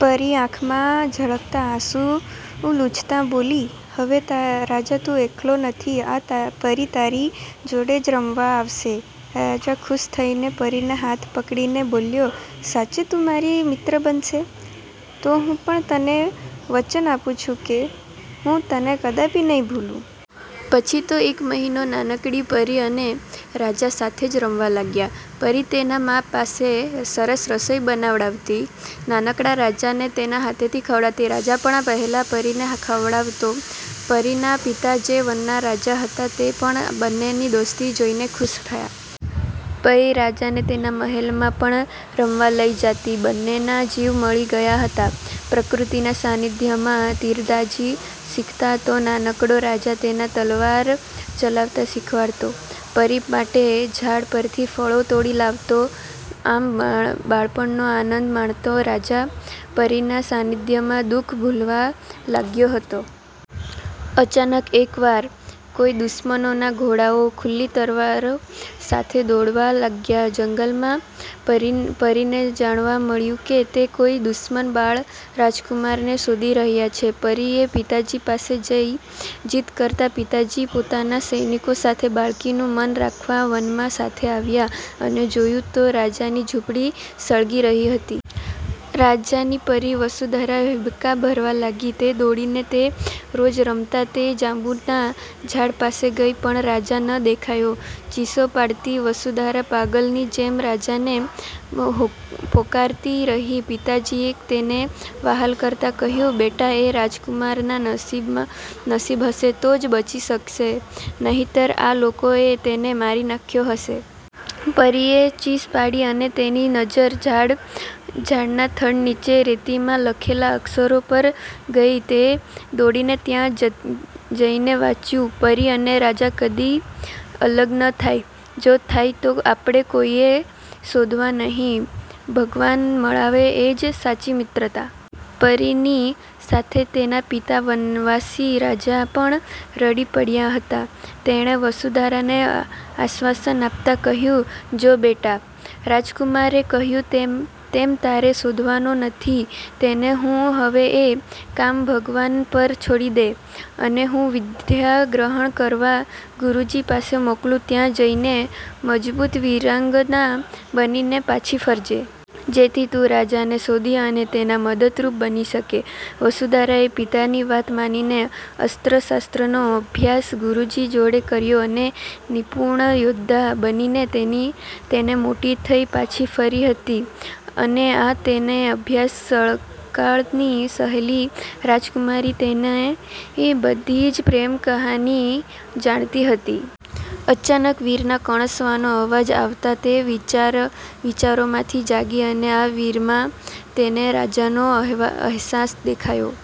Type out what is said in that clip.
પરી આંખમાં ઝળકતાં તેનાં આંસું લૂછતાં બોલેલી," હવે રાજા તું એકલો નથી, આ પરી તારી જોડે જ રમવા આવશે." રાજા ખુશ થઈને પરીનો હાથ પકડીને બોલ્યો,"સાચે જ તું મારી મિત્ર બનીશે? તો હું પણ તને વચન આપું છું કે હું તને કદાપિ નહીં ભૂલું." પછી તો એક મહિનો નાનકડી પરી અને રાજા સાથે જ રમવા લાગ્યાં. પરી તેની મા પાસે સરસ રસોઈ બનાવડાવી નાનકડાં રાજાને તેનાં હાથેથી ખવડાવતી. રાજા પણ પહેલાં પરીને ખવડાવતો. પરીના પિતા જે વનનાં રાજા હતાં તે પણ આ બંનેની દોસ્તી જોઈ ખુશ થતાં. પરી રાજાને તેનાં મહેલમાં પણ રમવા લઈ જાતી. બંનેનાં જીવ મળી ગયાં હતાં. પ્રકૃતિના સાનિધ્યમાં તીરંદાજી શીખતાં તો નાનકડો રાજા તેને તલવાર ચલાવતા શીખવતો. પરી માટે ઝાડ પરથી ફળો તોડી લાવતો. આમ બાળપણનો આનંદ માણતો રાજા પરીના સાનિધ્યમાં દુખ ભૂલવાં લાગ્યો હતો. અચાનક એકવાર કોઈ દુશ્મનોના ઘોડાઓ ખુલ્લી તલવારો સાથે દોડવા લાગ્યાં જંગલમાં. પરીને જાણવાં મળ્યું કે,"તે કોઈ દુશ્મન બાળ રાજકુમારને શોધી રહ્યાં છે." પરીએ પિતાજી પાસે જીદ કરતાં પિતાજી પોતાનાં સૈનિકો સાથે બાળકીનું મન રાખવાં વનમાં સાથે આવ્યાં અને જોયું તો રાજાની ઝુંપડી સળગી રહી હતી. રાજાની પરી વસુંધરા હીબકાં ભરવા લાગી. તે દોડીને તે રોજ રમતાં તે જાંબુના ઝાડ પાસે ગઈ પણ રાજા ન દેખાયો. ચીસો પાડતી વસુંધરા પાગલની જેમ રાજાને પોકારતી રહી. પિતાજીએ તેને વહાલ કરતાં કહ્યું,"બેટા એ રાજકુમારના નશીબ હશે તો જ બચી શકે નહીતર આ લોકોએ તેને મારી નાખ્યો હશે." પરીએ ચીસ પાડી અને તેની નજ઼ર ઝાડનાં થડ નીચે રેતીમાં લખેલા અક્ષરો પર ગઈ તે દોડીને ત્યાં જઈને વાંચ્યું,"પરી અને રાજા કદીય અલગ નહીં થાય. જો થાશે તો આપડ઼ે કોઈએ શોધવાનાં નહીં, ભગવાન મળાવે એ જ સાચી મિત્રતા." પરીની સાથે તેનાં પિતા વનવાસી રાજા પણ રડી પડ્યાં હતાં. તેમણે વસુંધરાને આશ્વાસન આપતાં કહ્યું,"જો બેટા રાજકુમારે કહ્યું તેમ તારે શોધવાનો નથી તેને. તું હવે એ કામ ભગવાન પર છોડી દે, અને હું વિદ્યા ગ્રહણ કરવા ગુરુજી પાસે મોકલું ત્યાં જઈને મજબૂત વીરાંગના બનીને પાછી ફરજે. જેથી તું રાજાને શોધી અને તેને મદદરૂપ બની શકે." વસુંધરાએ પિતાની વાત માની અસ્ત્ર શસ્ત્રનો અભ્યાસ ગુરુજી જોડે કર્યોં, અને નિપુર્ણ યૌદ્ધા બનીને તે મોટી થઈ પાછી ફરી હતી, અને આ તેની અભ્યાસકાળની સહેલી રાજકુમારી તેની બધી જ પ્રેમ કહાની જાણતી હતી. અચાનક વીરનાં કણસવાનો અવાજ આવતાં તે વિચારોમાંથી જાગી અને આ વીરમાં તેને રાજાનો અહેસાસ દેખાયો.